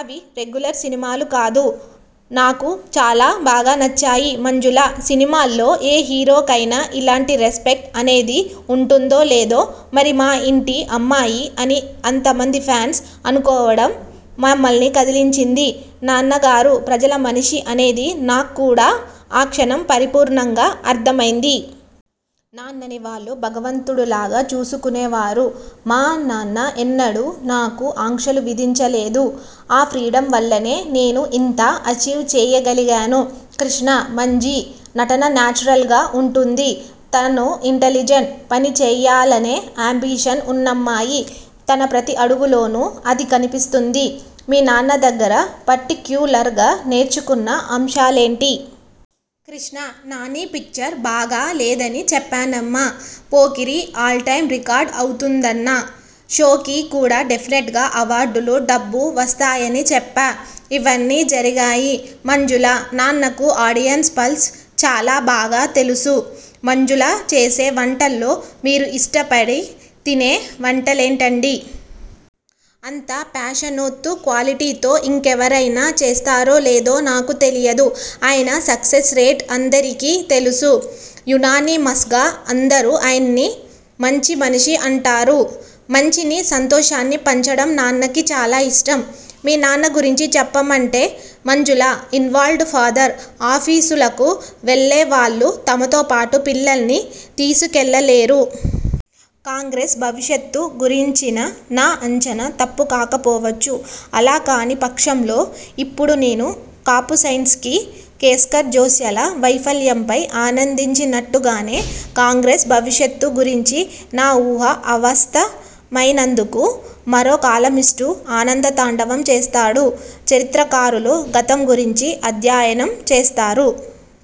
అవి రెగ్యులర్ సినిమాలు కాదు. నాకు చాలా బాగా నచ్చాయి. మంజుల: సినిమాల్లో ఏ హీరోకైనా ఇలాంటి రెస్పెక్ట్ అనేది ఉంటుందో లేదో మరి మా ఇంటి అమ్మాయి అని అంత మంది ఫ్యాన్స్ అనుకోవడం మమ్మల్ని కదిలించింది. నాన్నగారు ప్రజల మనిషి అనేది నాక్కూడా ఆ క్షణం పరిపూర్ణంగా అర్థమైంది. నాన్నని వాళ్లు భగవంతుడులాగా చూసుకునేవారు. మా నాన్న ఎన్నడూ నాకు ఆంక్షలు విధించలేదు. ఆ ఫ్రీడమ్ వల్లనే నేను ఇంతా అచీవ్ చేయగలిగాను. కృష్ణ: మంజి నటన నేచురల్గా ఉంటుంది. తను ఇంటలిజెంట్. పనిచేయాలనే యాంబిషన్ ఉన్నమ్మాయి. తన ప్రతి అడుగులోనూ అది కనిపిస్తుంది. మీ నాన్న దగ్గర పర్టిక్యులర్గా నేర్చుకున్న అంశాలేంటి? కృష్ణ: 'నాని' పిక్చర్ బాగా లేదని చెప్పానమ్మా. 'పోకిరి' ఆల్ టైమ్ రికార్డ్ అవుతుందన్నా. 'షో'కి కూడా డెఫినెట్గా అవార్డులు, డబ్బు వస్తాయని చెప్పా. ఇవన్నీ జరిగాయి. మంజుల: నాన్నకు ఆడియన్స్ పల్స్ చాలా బాగా తెలుసు. మంజుల చేసే వంటల్లో మీరు ఇష్టపడి తినే వంటలేంటండీ? అంత ప్యాషన్తో, క్వాలిటీతో ఇంకెవరైనా చేస్తారో, లేదో నాకు తెలియదు. ఆయన సక్సెస్ రేట్ అందరికీ తెలుసు. యునానిమస్గా అందరూ ఆయన్ని 'మంచి మనిషి' అంటారు. మంచిని, సంతోషాన్ని పంచడం నాన్నకి చాలా ఇష్టం. మీ నాన్న గురించి చెప్పమంటే మంజుల: ఇన్వాల్వ్డ్ ఫాదర్. ఆఫీసులకు వెళ్లేవాళ్లు తమతో పాటు పిల్లల్ని తీసుకెళ్లలేరు. ' కాంగ్రెస్ భవిష్యత్తు గురించిన నా అంచనా తప్పుకాకపోవచ్చు. అలా కాని పక్షంలో, ఇప్పుడు నేను కపుసైన్సికి, కేస్కర్ జోస్యాల వైఫల్యంపై ఆనందించినట్టుగానే కాంగ్రెస్ భవిష్యత్తు గురించి నా ఊహ అవాస్తమయినందుకు మరో కాలమిస్టు ఆనంద తాండవం చేస్తాడు. చరిత్రకారులు గతం గురించి అధ్యయనం చేస్తారు.